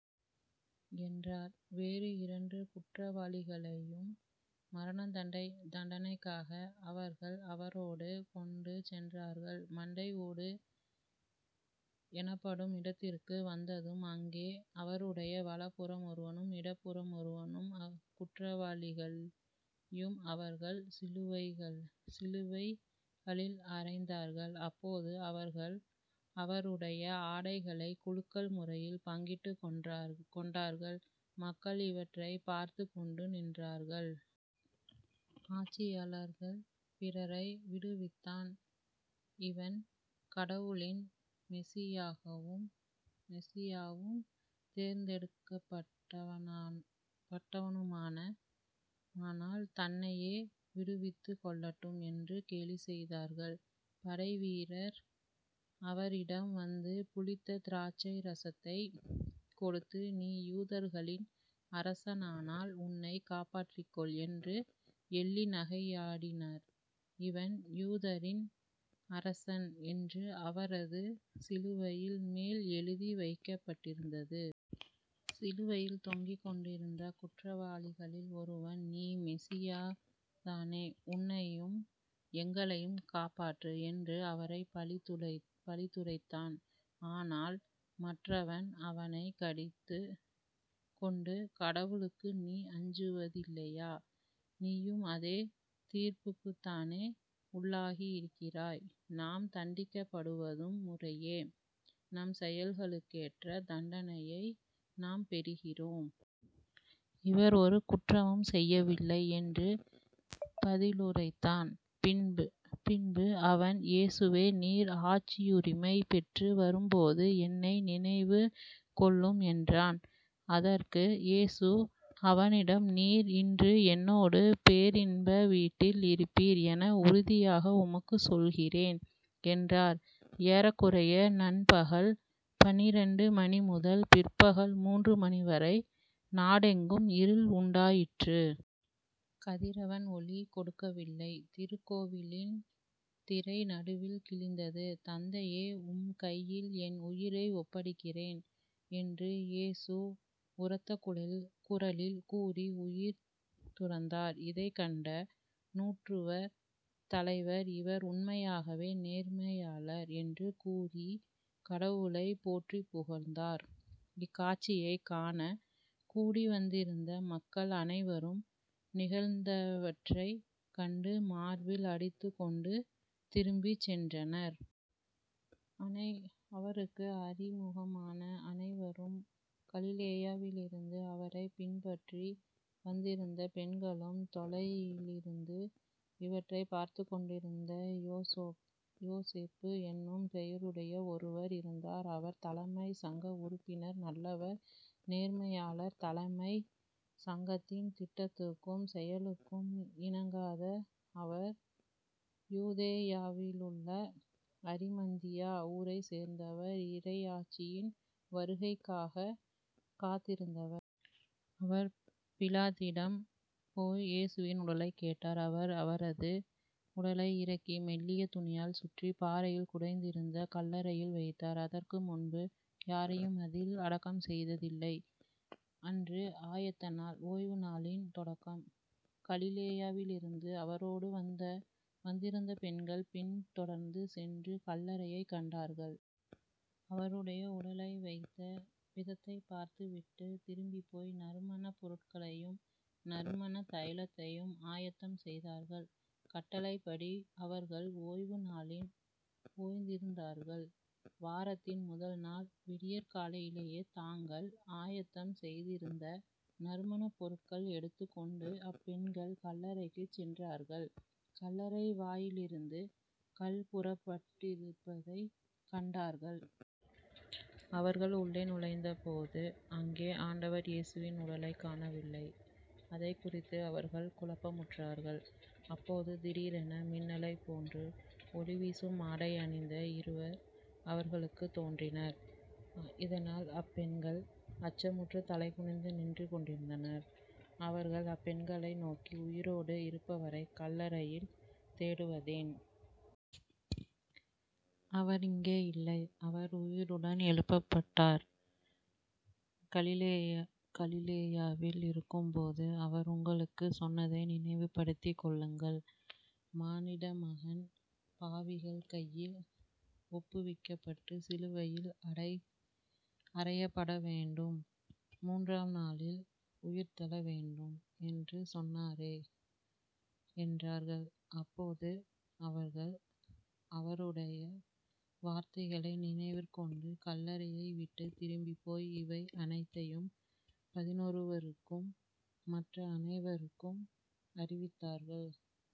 என்றார். வேறு இரண்டு குற்றவாளிகளையும் மரணதண்டனைக்காக அவர்கள் அவரோடு கொண்டுசென்றார்கள். மண்டை ஓடு எனப்படும் இடத்திற்கு வந்ததும் அங்கே அவரையும் வலப்புறம் ஒருவனும் இடப்புறம் ஒருவனுமாக அக்குற்றவாளிகளையும் அவர்கள் சிலுவைகளில் அறைந்தார்கள். அப்போது அவர்கள் அவருடைய ஆடைகளைக் குலுக்கல் முறையில் பங்கிட்டுக் கொண்டார்கள். மக்கள் இவற்றைப் பார்த்துக் கொண்டு நின்றார்கள். ஆட்சியாளர்கள் பிறரை விடுவித்தான் இவன் கடவுளின் மெசியாவும் தேர்ந்தெடுக்கப்பட்டவனுமானால் தன்னையே விடுவித்துக் கொள்ளட்டும் என்று கேலிசெய்தார்கள். படைவீரர் அவரிடம் வந்து புளித்த திராட்சை இரசத்தைக் கொடுத்து நீ யூதர்களின் அரசனானால் உன்னைக் காப்பாற்றிக் கொள் என்று எள்ளி நகையாடினர். இவன் யூதரின் அரசன் என்று அவரது சிலுவையின் மேல் எழுதி வைக்கப்பட்டிருந்தது. சிலுவையில் தொங்கிக்கொண்டிருந்த குற்றவாளிகளுள் ஒருவன் நீ மெசியாதானே உன்னையும் எங்களையும் காப்பாற்று என்று அவரைப் பழித்துரைத்தான். ஆனால் மற்றவன் அவனைக் கடிந்து கொண்டு கடவுளுக்கு நீ அஞ்சுவதில்லையா? நீயும் அதே தீர்ப்புக்குத்தானே உள்ளாகி இருக்கிறாய். நாம் தண்டிக்கப்படுவது முறையே. நம் செயல்களுக்கேற்ற தண்டனையை நாம் பெறுகிறோம். இவர் ஒரு குற்றமும் செய்யவில்லையே என்று பதிலுரைத்தான். பின்பு அவன் இயேசுவே நீர் ஆட்சியுரிமை பெற்று வரும்போது என்னை நினைவிற்கொள்ளும் என்றான். அதற்கு இயேசு அவனிடம் நீர் இன்று என்னோடு பேரின்ப வீட்டில் இருப்பீர் என உறுதியாக உமக்குச் சொல்கிறேன் என்றார். ஏறக்குறைய நண்பகல் பன்னிரண்டு மணி முதல் பிற்பகல் மூன்று மணிவரை நாடெங்கும் இருள் உண்டாயிற்று. கதிரவன் ஒளி கொடுக்கவில்லை. திருக்கோவிலின் திரை நடுவில் கிழிந்தது. தந்தையே உம்கையில் என் உயிரை ஒப்படைக்கிறேன் என்று இயேசு உரத்த குரலில் கூறி உயிர் துறந்தார். இதைக் கண்ட நூற்றுவர் தலைவர் இவர் உண்மையாகவே நேர்மையாளர் என்று கூறிக் கடவுளைப் போற்றிப் புகழ்ந்தார். இக்காட்சியைக் காணக் கூடிவந்திருந்த மக்கள் அனைவரும் நிகழ்ந்தவற்றைக் கண்டு மார்பில் அடித்துக் கொண்டு திரும்பிச் சென்றனர். அவருக்கு அறிமுகமான அனைவரும் கலிலேயாவிலிருந்து அவரைப் பின்பற்றி வந்திருந்த பெண்களும் தொலையிலிருந்து இவற்றைப் பார்த்துக் கொண்டிருந்தார்கள். யோசேப்பு என்னும் பெயருடைய ஒருவர் இருந்தார். அவர் தலைமைச் சங்க உறுப்பினர் நல்லவர் நேர்மையாளர். தலைமைச் சங்கத்தின் திட்டத்துக்கும் செயலுக்கும் இணங்காத அவர் யூதேயாவிலுள்ள அரிமத்தியா ஊரைச் சேர்ந்தவர் இறையாட்சியின் வருகைக்காகக் காத்திருந்தவர். அவர் பிலாத்திடம் போய் இயேசுவின் உடலைக் கேட்டார். அவர் அவரது உடலை இறக்கி மெல்லிய துணியால் சுற்றிப் பாறையில் குடைந்திருந்த கல்லறையில் வைத்தார். அதற்கு முன்பு யாரையும் அதில் அடக்கம் செய்ததில்லை. அன்று ஆயத்த நாள். ஓய்வுநாளின் தொடக்கம். கலிலேயாவிலிருந்து அவரோடு வந்திருந்த பெண்கள் பின் தொடர்ந்து சென்று கல்லறையைக் கண்டார்கள். அவருடைய உடலை வைத்த விதத்தைப் பார்த்து விட்டு திரும்பிப் போய் நறுமணப் பொருள்களையும் நறுமணத் தைலத்தையும் ஆயத்தம் செய்தார்கள். கட்டளைப்படி அவர்கள் ஓய்வுநாளில் ஓய்ந்திருந்தார்கள். வாரத்தின் முதல் நாள் விடியற் காலையிலேயே தாங்கள் ஆயத்தம் செய்திருந்த நறுமணப் பொருள்கள் எடுத்துக் கொண்டு அப்பெண்கள் கல்லறைக்குச் சென்றார்கள் கல்லறை வாயிலிருந்து கல்புரட்டப்பட்டிருப்பதைக் கண்டார்கள். அவர்கள் உள்ளே நுழைந்தபோது அங்கே ஆண்டவர் இயேசுவின் உடலைக் காணவில்லை. அதைக் குறித்து அவர்கள் குழப்பமுற்றார்கள். அப்போது திடீரென மின்னலைப் போன்று ஒளிவீசும் ஆடை அணிந்த இருவர் அவர்களுக்குத் தோன்றினர். இதனால் அப்பெண்கள் அச்சமுற்றுத் தலைகுனிந்து நின்று கொண்டிருந்தனர். அவர்கள் அப்பெண்களை நோக்கி உயிரோடு இருப்பவரைக் கல்லறையில் தேடுவதேன்? அவர் இங்கே இல்லை. அவர் உயிருடன் எழுப்பப்பட்டார். கலிலேயாவில் இருக்கும்போது அவர் உங்களுக்குச் சொன்னதை நினைவுப்படுத்திக் கொள்ளுங்கள். மானிடமகன் பாவிகள் கையில் ஒப்புவிக்கப்பட்டுச் சிலுவையில் அறையப்படவேண்டும். மூன்றாம் நாளில் உயிர்த்தெழ வேண்டும் என்று சொன்னாரே என்றார்கள். அப்போது அவர்கள் அவருடைய வார்த்தைகளை நினைவிற்கொண்டு கல்லறையைவிட்டுத் திரும்பிப் போய் இவை அனைத்தையும் பதினொருவருக்கும் மற்ற அனைவருக்கும் அறிவித்தார்கள்.